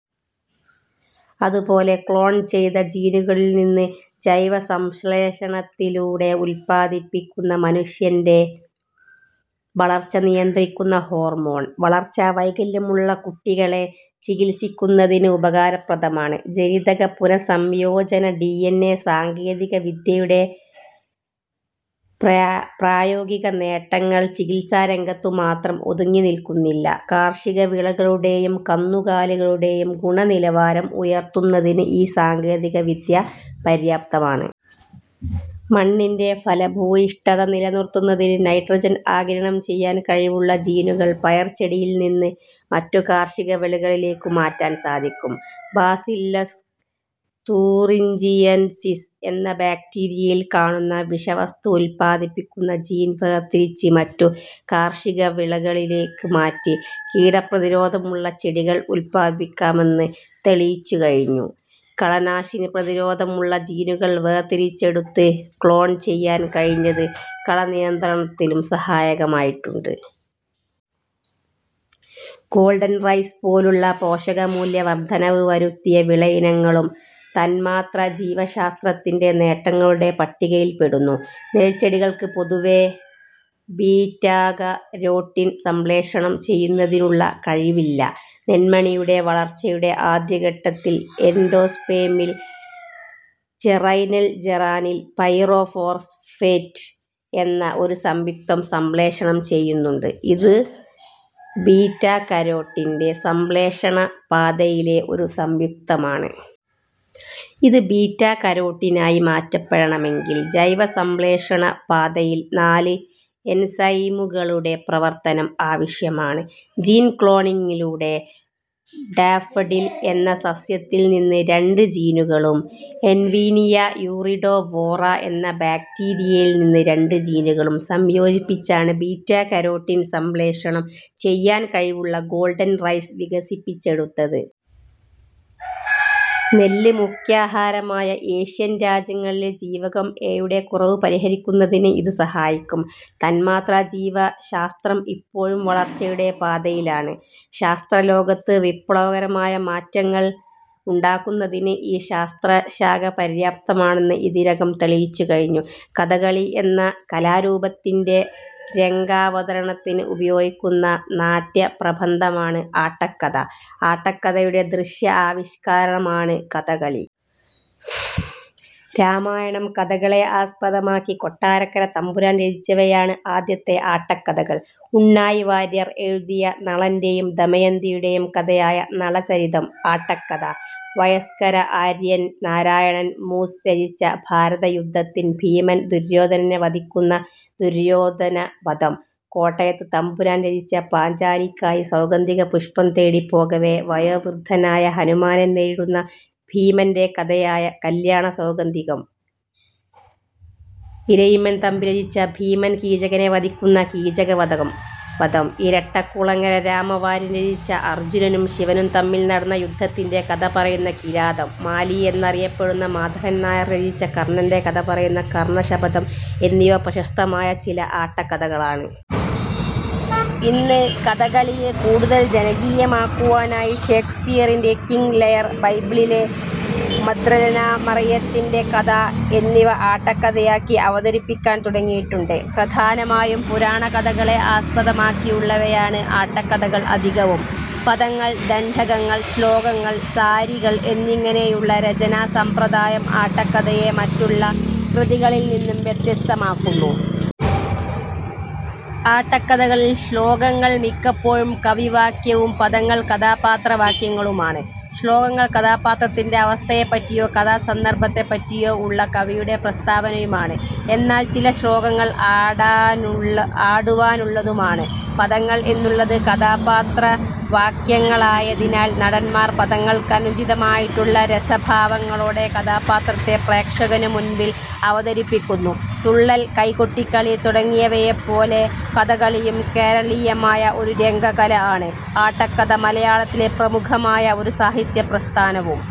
അതുപോലെ ക്ലോൺ ചെയ്ത ജീനുകളിൽ നിന്ന് ജൈവസംശ്ലേഷണത്തിലൂടെ ഉത്പാദിപ്പിക്കുന്ന മനുഷ്യന്റെ വളർച്ച നിയന്ത്രിക്കുന്ന ഹോർമോൺ, വളർച്ചാ വൈകല്യമുള്ള കുട്ടികളെ ചികിത്സിക്കുന്നതിന് ഉപകാരപ്രദമാണ്. ജനിതക പുനഃസംയോജന ഡിഎൻഎ സാങ്കേതികവിദ്യയുടെ പ്രായോഗിക നേട്ടങ്ങൾ ചികിത്സാരംഗത്തു മാത്രം ഒതുങ്ങി നിൽക്കുന്നില്ല. കാർഷികവിളകളുടേയും കന്നുകാലികളുടേയും ഗുണനിലവാരം ഉയർത്തുന്നതിന് ഈ സാങ്കേതികവിദ്യ പര്യാപ്തമാണ്. മണ്ണിന്റെ ഫലഭൂയിഷ്ഠത നിലനിർത്തുന്നതിന് നൈട്രജൻ ആഗിരണം ചെയ്യാൻ കഴിവുള്ള ജീനുകൾ പയർചെടിയിൽ നിന്ന് മറ്റു കാർഷിക വിളകളിലേക്കു മാറ്റാൻ സാധിക്കും. ബാസില്ലസ് തൂറിഞ്ചിയൻസിസ് എന്ന ബാക്ടീരിയയിൽ കാണുന്ന വിഷവസ്തു ഉത്പാദിപ്പിക്കുന്ന ജീൻ വേർതിരിച്ച് മറ്റു കാർഷികവിളകളിലേക്ക് മാറ്റി കീടപ്രതിരോധമുള്ള ചെടികൾ ഉത്പാദിക്കാമെന്ന് തെളിയിച്ചുകഴിഞ്ഞു. കളനാശിനി പ്രതിരോധമുള്ള ജീനുകൾ വേർതിരിച്ചെടുത്ത് ക്ളോൺ ചെയ്യാൻ കഴിഞ്ഞത് കളനിയന്ത്രണത്തിലും സഹായകരമായിട്ടുണ്ട്. ഗോൾഡൻ റൈസ് പോലുള്ള പോഷകമൂല്യ വർധനവ് വരു ത്തിയ വിളയിനങ്ങളും തന്മാത്രാജീവശാസ്ത്രത്തിന്റെ നേട്ടങ്ങളു ടെ പട്ടികയിൽപ്പെടുന്നു. നെൽച്ചെടികൾക്ക് പൊതുവേ ബീറ്റാക രോട്ടിൻ സംശ്ലേഷണം ചെയ്യുന്നതിനുള്ള കഴിവില്ല. നെന്മണിയുടെ വളർച്ചയുടെ ആദ്യഘട്ടത്തിൽ എൻഡോസ്പേമിൽ ജറൈനൽ ജറാനിൽ പൈറോ ഫോസ്ഫേറ്റ് എന്ന ഒരു സംയുക്തം സംശ്ലേഷണം ചെയ്യുന്നുണ്ട്. ഇത് ബീറ്റാകരോട്ടിന്റെ സംശ്ലേഷണപാത യിലെ ഒരു സംയുക്തമാണ്. ഇത് ബീറ്റാകരോട്ടിനായി മാറ്റപ്പെടണ മെങ്കിൽ ജൈവസംശ്ലേഷണ പാതയിൽ നാല് എൻസൈമുകളുടെ പ്രവർത്തനം ആവശ്യമാണ്. ജീൻ ക്ലോണിങ്ങിലൂടെ ഡാഫഡിൽ എന്ന സസ്യത്തിൽ നിന്ന് രണ്ട് ജീനുകളും എർവീനിയ യൂറിഡോ വോറ എന്ന ബാക്ടീരിയയിൽ നിന്ന് രണ്ട് ജീനുകളും സംയോജി പ്പിച്ചാണ് ബീറ്റാ കരോട്ടിൻ സംശ്ലേഷണം ചെയ്യാൻ കഴിവുള്ള ഗോൾഡൻ റൈസ് വികസിപ്പിച്ചെടുത്തത്. നെല്ല് മുഖ്യാഹാരമായ ഏഷ്യൻ രാജ്യങ്ങളിലെ ജീവകം എ-യുടെ കുറവ് പരിഹരിക്കുന്ന തിന് ഇത് സഹായിക്കും. തന്മാത്രാജീവശാസ്ത്രം ഇപ്പോഴും വളർച്ചയുടെ പാതയിലാണ്. ശാസ്ത്രലോകത്ത് വിപ്ലവകരമായ മാറ്റങ്ങൾ ഉണ്ടാക്കുന്നതിന് ഈ ശാസ്ത്രശാഖ പര്യാപ്തമാണെന്ന് ഇതിനകം തെളിയിച്ചുകഴിഞ്ഞു. കഥകളി എന്ന കലാരൂപത്തിന്റെ രംഗാവതരണത്തിന് ഉപയോഗിക്കുന്ന നാട്യപ്രബന്ധമാണ് ആട്ടക്കഥ. ആട്ടക്കഥയുടെ ദൃശ്യ ആവിഷ്കാരമാണ് കഥകളി. രാമായണം കഥകളെ ആസ്പദമാക്കി കൊട്ടാരക്കര തമ്പുരാൻ രചിച്ചവയാണ് ആദ്യത്തെ ആട്ടക്കഥകൾ. ഉണ്ണായി വാര്യർ എഴുതിയ നളന്റെയും ദമയന്തിയുടെയും കഥയായ നളചരിതം ആട്ടക്കഥ, വയ്സ്കര ആര്യൻ നാരായണൻ മൂസ്സ് രചിച്ച ഭാരതയുദ്ധത്തിൽ ഭീമൻ ദുര്യോധനനെ വധിക്കുന്ന ദുര്യോധനവധം, കോട്ടയത്ത് തമ്പുരാൻ രചിച്ചപാഞ്ചാലിക്കായി സൗഗന്ധികപുഷ്പം തേടി പോകവേ വയോവൃദ്ധനായ ഹനുമാനെ നേരിടുന്ന ഭീമന്റെ കഥയായ കല്യാണസൌഗന്ധികം, ഇരയിമ്മൻ തമ്പി രചിച്ച ഭീമൻ കീചകനെ വധിക്കുന്ന കീചകവധം, ഇരട്ടക്കുളങ്ങര രാമവാര്യർ രചിച്ചഅർജ്ജുനനും ശിവനും തമ്മിൽ നടന്ന യുദ്ധത്തിന്റെ കഥ പറയുന്ന കിരാതം, മാലി എന്നറിയപ്പെടുന്ന മാധവൻ നായർ രചിച്ച കർണ്ണന്റെ കഥപറയുന്ന കർണ്ണശപഥം എന്നിവ പ്രശസ്തമായ ചില ആട്ടക്കഥകളാണ്. ഇന്ന് കഥകളിയെ കൂടുതൽ ജനകീയമാക്കുവാനായി ഷേക്സ്പിയറിന്റെ കിംഗ് ലിയർ, ബൈബിളിലെ മഗ്ദലനാ മറിയത്തിന്റെ കഥ എന്നിവ ആട്ടക്കഥയാക്കി അവതരിപ്പിക്കാൻ തുടങ്ങിയിട്ടുണ്ട്. പ്രധാനമായും പുരാണ കഥകളെ ആസ്പദമാക്കിയുള്ളവയാണ് ആട്ടക്കഥകൾ അധികവും. പദങ്ങൾ, ദണ്ഡകങ്ങൾ, ശ്ലോകങ്ങൾ, സാരികൾ, എന്നിങ്ങനെയുള്ള രചനാ സമ്പ്രദായം ആട്ടക്കഥയെ മറ്റുള്ള കൃതികളിൽ നിന്നും വ്യത്യസ്തമാക്കുന്നു. ആട്ടക്കഥകളിൽ ശ്ലോകങ്ങൾ മിക്കപ്പോഴും കവിവാക്യവും പദങ്ങൾ കഥാപാത്രവാക്യങ്ങളുമാണ്. ശ്ലോകങ്ങൾ കഥാപാത്രത്തിന്റെ അവസ്ഥയെപ്പറ്റിയോ കഥാ സന്ദർഭത്തെപ്പറ്റിയോ ഉള്ള കവിയുടെ പ്രസ്താവനയുമാണ്. എന്നാൽ ചില ശ്ലോകങ്ങൾ ആടുവാനുള്ളതുമാണ്. പദങ്ങൾ എന്നുള്ളത് കഥാപാത്രവാക്യങ്ങളായതിനാൽ നടന്മാർ പദങ്ങൾക്കനുചിതമായിട്ടുള്ള രസഭാവങ്ങളോടെ കഥാപാത്രത്തെ പ്രേഷകനു മുൻപിൽ അവതരിപ്പിക്കുന്നു. തുള്ളൽ, കൈകൊട്ടിക്കളി തുടങ്ങിയവയെപ്പോലെ കഥകളിയും കേരളീയമായ ഒരു രംഗകല ആണ്; ആട്ടക്കഥ മലയാളത്തിലെ പ്രമുഖമായ ഒരു സാഹിത്യപ്രസ്ഥാനവും.